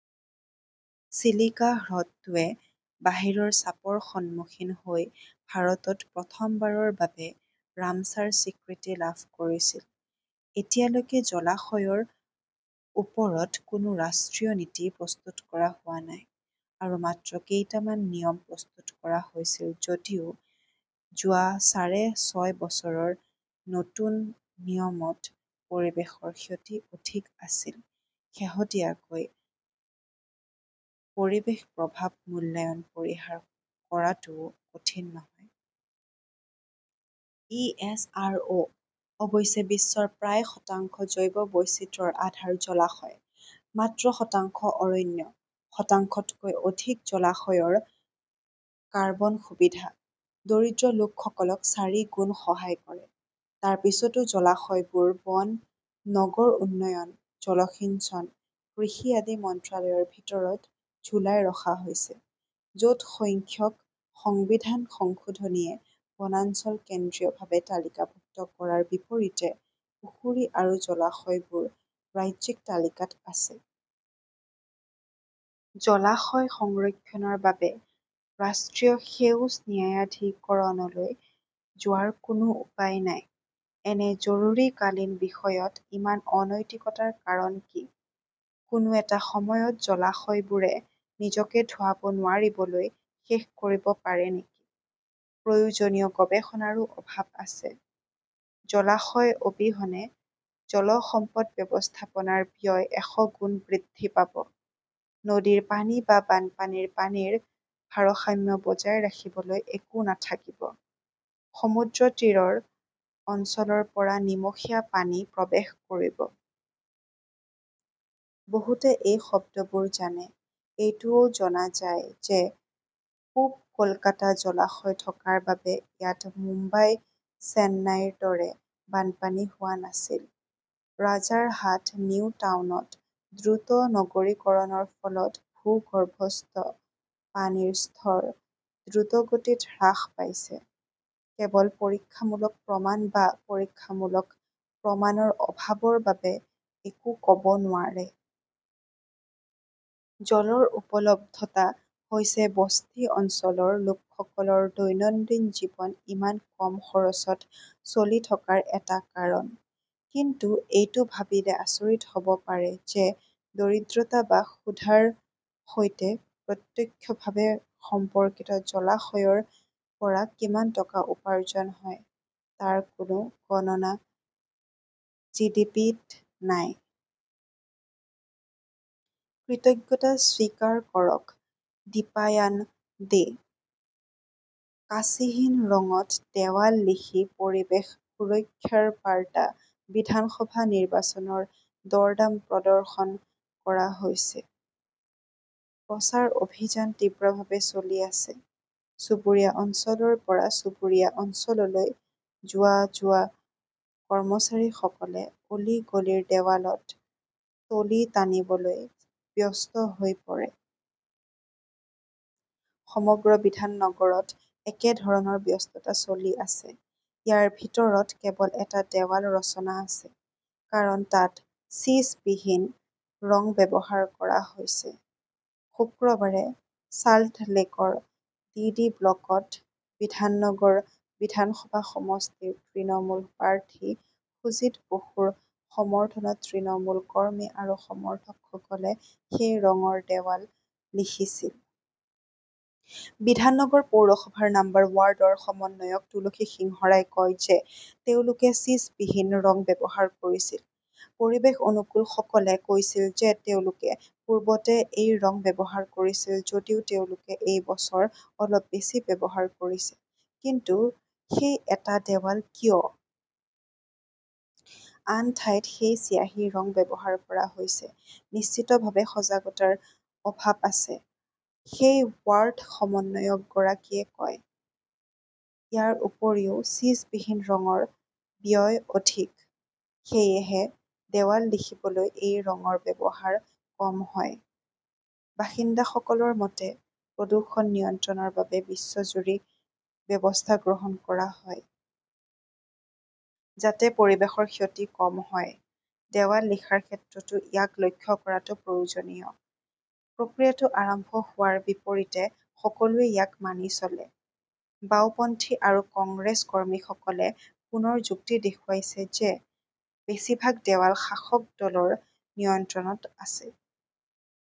চিলিকা হ্ৰদটোৱে বাহিৰৰ চাপৰ সন্মুখীন হৈ ভাৰতত প্ৰথমবাৰৰ বাবে ৰামছাৰ স্বীকৃতি লাভ কৰিছিল, এতিয়ালৈকে জলাশয়ৰ ওপৰত কোনো ৰাষ্ট্ৰীয় নীতি প্ৰস্তুত কৰা হোৱা নাই। আৰু মাত্ৰ কেইটামান নিয়ম প্ৰস্তুত কৰা হৈছিল, যদিও যোৱা সাঢ়ে ছয় বছৰৰ নতুন নিয়মত পৰিৱেশৰ ক্ষতি অধিক আছিল, শেহতীয়াকৈ পৰিৱেশ প্ৰভাৱ মূল্যায়ন পৰিহাৰ কৰাটোও কঠিন নহয়। ই. এছ. আৰ. অ. অৱশ্যে, বিশ্বৰ প্ৰায় শতাংশ জৈৱ বৈচিত্ৰ্যৰ আধাৰ জলাশয়, মাত্ৰ শতাংশ অৰণ্য, শতাংশকৈ অধিক জলাশয়ৰ কাৰ্বন সুবিধা, দৰিদ্ৰ লোকসকলক চাৰিগুণ সহায় কৰে। তাৰ পিছতো জলাশয়বোৰ বন, নগৰ উন্নয়ন, জলসিঞ্চন, কৃষি আদি মন্ত্ৰালয়ৰ ভিতৰত ঝুলাই ৰখা হৈছে, য 'ত সংখ্যক সংবিধান সংশোধনীয়ে বনাঞ্চল কেন্দ্ৰীয়ভাৱে তালিকাভুক্ত কৰাৰ বিপৰীতে পুখুৰী আৰু জলাশয়বোৰ ৰাজ্যিক তালিকাত আছে। জলাশয় সংৰক্ষণৰ বাবে ৰাষ্ট্ৰীয় সেউজ ন্যায়াধিকৰণলৈ যোৱাৰ কোনো উপায় নাই। এনে জৰুৰীকালীন বিষয়ত ইমান অনৈতিকতাৰ কাৰণ কি? কোনো এটা সময়ত জলাশয়বোৰে নিজকে ধোঁৱাব নোৱাৰিবলৈ শেষ কৰিব পাৰে নেকি? প্ৰয়োজনীয় গৱেষণাৰো অভাৱ আছে। জলাশয় অবিহনে জল সম্পদ ব্যৱস্থাপনাৰ ব্যয় এশগুণ বৃদ্ধি পাব, নদীৰ পানী বা বানপানীৰ পানীৰ ভাৰসাম্য বজাই ৰাখিবলৈ একো নাথাকিব, সমুদ্ৰতীৰৰ অঞ্চলৰ পৰা নিমখীয়া পানী প্ৰৱেশ কৰিব। বহুতে এই শব্দবোৰ জানে। এইটোও জনা যায় যে পূব কলকাতা জলাশয় থকাৰ বাবে ইয়াত মুম্বাই-চেন্নাইৰ দৰে বানপানী হোৱা নাছিল, ৰাজাৰহাট-নিউটাউনত দ্ৰুত নগৰীকৰণৰ ফলত ভূগৰ্ভস্থ পানীৰ স্তৰ দ্ৰুতগতিত হ্ৰাস পাইছে, কেৱল 'পৰীক্ষামূলক প্ৰমাণ বা পৰীক্ষামূলক প্ৰমাণৰ অভাৱৰ বাবে একো ক'ব নোৱাৰে। জলৰ উপলব্ধতা হৈছে বস্তি অঞ্চলৰ লোকসকলৰ দৈনন্দিন জীৱন ইমান কম খৰচত চলি থকাৰ এটা কাৰণ। কিন্তু এইটো ভাবিলে আচৰিত হ'ব পাৰে যে দৰিদ্ৰতা বা ক্ষুধাৰ সৈতে প্ৰত্যক্ষভাৱে সম্পৰ্কিত জলাশয়ৰ পৰা কিমান টকা উপাৰ্জন হয় তাৰ কোনো গণনা জিডিপি-ত নাই। কৃতজ্ঞতা স্বীকাৰ কৰক দীপায়ান দে। কাঁচিহীন ৰঙত দেৱাল লিখি পৰিৱেশ সুৰক্ষাৰ বাৰ্তা বিধানসভা নিৰ্বাচনৰ দৰদাম প্ৰদৰ্শন কৰা হৈছে। প্ৰচাৰ অভিযান তীব্ৰভাৱে চলি আছে। চুবুৰীয়া অঞ্চলৰ পৰা চুবুৰীয়া অঞ্চললৈ যোৱা-যোৱা কৰ্মচাৰীসকলে অলি-গলিৰ দেৱালত টলি টানিবলৈ ব্যস্ত হৈ পৰে। সমগ্ৰ বিধান নগৰত একেধৰণৰ ব্যস্ততা চলি আছে। ইয়াৰ ভিতৰত কেৱল এটা দেৱাল ৰচনা আছে। কাৰণ, তাত ছিছবিহীন ৰং ব্যৱহাৰ কৰা হৈছে। শুক্ৰবাৰে চাল্টলেকৰ ডিডি ব্লকত, বিধাননগৰ বিধানসভা সমষ্টিৰ তৃণমূল প্ৰাৰ্থী সুজিত বসুৰ সমৰ্থনত তৃণমূল কৰ্মী আৰু সমৰ্থকসকলে সেই ৰঙৰ দেৱাল লিখিছিল। বিধাননগৰ পৌৰসভাৰ নং ৱাৰ্ডৰ সমন্বয়ক তুলসী সিংহৰাই কয় যে তেওঁলোকে ছিছবিহীন ৰং ব্যৱহাৰ কৰিছিল। পৰিৱেশ অনুকূলসকলে কৈছিল যে তেওঁলোকে পূৰ্বতে এই ৰং ব্যৱহাৰ কৰিছিল যদিও তেওঁলোকে এই বছৰ অলপ বেছি ব্যৱহাৰ কৰিছে। কিন্তু সেই এটা দেৱাল কিয়? আন ঠাইত সেই চিয়াঁহী ৰং ব্যৱহাৰ কৰা হৈছে। নিশ্চিতভাৱে সজাগতাৰ অভাৱ আছে, সেই ৱাৰ্ড সমন্বয়কগৰাকীয়ে কয়। ইয়াৰ উপৰিও, ছিছবিহীন ৰঙৰ ব্যয় অধিক। সেয়েহে দেৱাল লিখিবলৈ এই ৰঙৰ ব্যৱহাৰ কম হয়। বাসিন্দাসকলৰ মতে, প্ৰদূষণ নিয়ন্ত্ৰণৰ বাবে বছৰজুৰি ব্যৱস্থা গ্ৰহণ কৰা হয়। যাতে পৰিৱেশৰ ক্ষতি কম হয়, দেৱাল লিখাৰ ক্ষেত্ৰতো ইয়াক লক্ষ্য কৰাটো প্ৰয়োজনীয়। প্ৰক্ৰিয়াটো আৰম্ভ হোৱাৰ বিপৰীতে সকলোৱে ইয়াক মানি চলে। বাওঁপন্থী আৰু কংগ্ৰেছ কৰ্মীসকলে পুনৰ যুক্তি দেখুৱাইছে যে বেছিভাগ দেৱাল শাসক দলৰ নিয়ন্ত্ৰণত আছে।